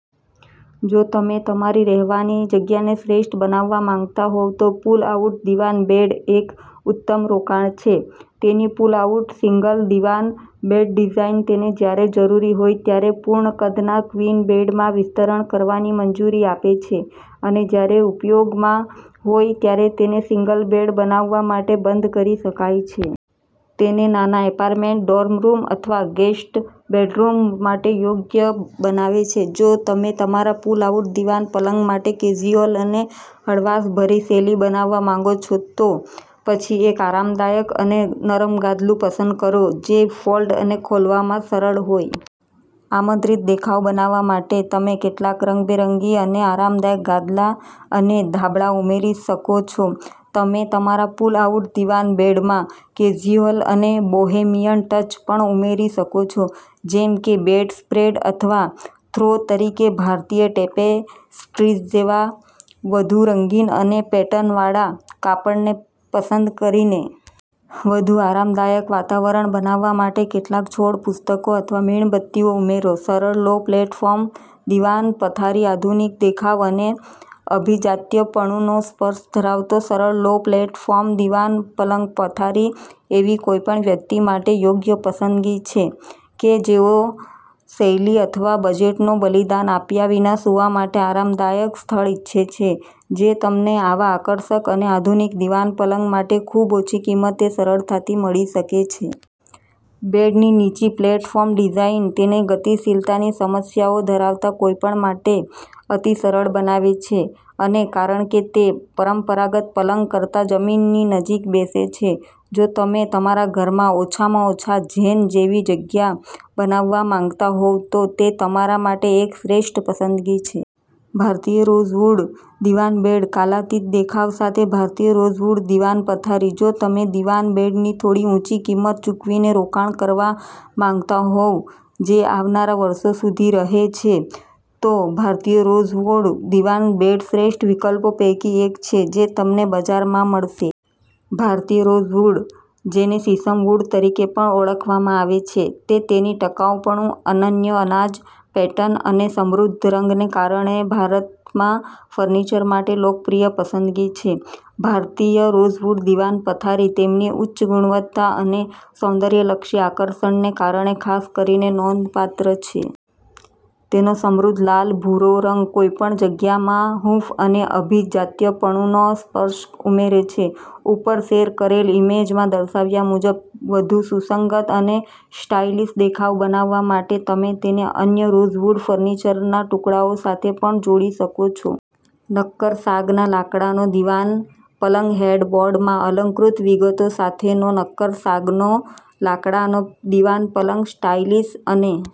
જો તમે તમારી રહેવાની જગ્યાને શ્રેષ્ઠ બનાવવા માંગતા હોવ તો પુલ-આઉટ દીવાન બેડ એક ઉત્તમ રોકાણ છે. તેની પુલ-આઉટ સિંગલ દીવાન બેડ ડિઝાઇન તેને જ્યારે જરૂરી હોય ત્યારે પૂર્ણ કદના ક્વીન બેડમાં વિસ્તરણ કરવાની મંજૂરી આપે છે અને જ્યારે ઉપયોગમાંહોય ત્યારે તેને સિંગલ બેડ બનાવવા માટે બંધ કરી શકાય છે. તેને નાના એપાર્ટમેન્ટ, ડોર્મ રૂમ અથવા ગેસ્ટ બેડરૂમ માટે યોગ્ય બનાવે છે. જો તમે તમારા પુલ-આઉટ દીવાન પલંગ માટે કેઝ્યુઅલ અને હળવાશભરી શૈલી બનાવવા માંગો છોતો પછી એક આરામદાયક અને નરમ ગાદલું પસંદ કરો જે ફોલ્ડ અને ખોલવામાં સરળ હોય. આમંત્રિત દેખાવ બનાવવા માટે તમે કેટલાક રંગબેરંગી અને આરામદાયક ગાદલા અને ધાબળા ઉમેરી શકો છો. તમે તમારા પુલ-આઉટ દીવાન બેડમાં કેઝ્યુઅલ અને બોહેમિયન ટચ પણ ઉમેરી શકો છો, જેમ કે બેડસ્પ્રેડ અથવા થ્રો તરીકે ભારતીય ટેપેસ્ટ્રીઝ જેવા વધુ રંગીન અને પેટર્નવાળા કાપડને પસંદ કરીને. વધુ આરામદાયક વાતાવરણ બનાવવા માટે કેટલાક છોડ, પુસ્તકો અથવા મીણબત્તીઓ ઉમેરો! સરળ લો-પ્લેટફોર્મ દીવાન પથારી આધુનિક દેખાવ અને અભિજાત્યપણુનો સ્પર્શ ધરાવતો સરળ લો-પ્લેટફોર્મ દીવાન પલંગ. પથારી એવી કોઈપણ વ્યક્તિ માટે યોગ્ય પસંદગી છે કે જેઓ શૈલી અથવા બજેટને બલિદાન આપ્યા વિના સૂવા માટે આરામદાયક સ્થળ ઇચ્છે છે જે તમને આવા આકર્ષક અને આધુનિક દીવાન પલંગ માટે ખૂબઓછી કિંમતે સરળતાથી મળી શકે છે. બેડની નીચી પ્લેટફોર્મ ડિઝાઇન તેને ગતિશીલતાની સમસ્યાઓ ધરાવતા કોઈપણ માટે અતિ સરળ બનાવે છે. અને કારણ કે તે પરંપરાગત પલંગ કરતાં જમીનની નજીક બેસે છે, જો તમે તમારા ઘરમાં ઓછામાં ઓછા, ઝેન જેવી જગ્યા બનાવવા માંગતા હોવ તો તે તમારા માટે એક શ્રેષ્ઠ પસંદગી છે. ભારતીય રોઝવુડ દીવાન બેડ કાલાતીત દેખાવ સાથે ભારતીય રોઝવૂડ દીવાન પથારી. જો તમે દિવાન બેડની થોડી ઊંચી કિંમત ચૂકવીને રોકાણ કરવા માંગતા હોવ જે આવનારા વર્ષો સુધી રહે છે, તો ભારતીય રોઝવૂડ દીવાન બેડશ્રેષ્ઠ વિકલ્પો પૈકી એક છે જે તમને બજારમાં મળશે. ભારતીય રોઝવૂડ, જેને શીશમ વુડ તરીકે પણ ઓળખવામાં આવે છે, તે તેની ટકાઉપણું, અનન્ય અનાજ પેટર્ન અને સમૃદ્ધ રંગને કારણે ભારતમાં ફર્નિચર માટે લોકપ્રિય પસંદગી છે. ભારતીય રોઝવુડ દીવાન પથારી તેમની ઉચ્ચ ગુણવત્તા અને સૌંદર્યલક્ષી આકર્ષણને કારણે ખાસ કરીને નોંધપાત્ર છે. તેનો સમૃદ્ધ, લાલ-ભૂરો રંગ કોઈપણ જગ્યામાં હૂંફ અને અભિજાત્યપણુનો સ્પર્શ ઉમેરે છે. ઉપર શેર કરેલ ઈમેજમાં દર્શાવ્યા મુજબ વધુ સુસંગત અને સ્ટાઇલિશ દેખાવ બનાવવા માટે તમે તેને અન્ય રોઝવૂડ ફર્નિચરના ટુકડાઓ સાથે પણ જોડી શકો છો. નક્કર સાગના લાકડાનો દીવાન પલંગહેડબોર્ડમાં અલંકૃત વિગતો સાથેનો નક્કર સાગનો લાકડાનો દીવાન પલંગ. સ્ટાઇલિશ અને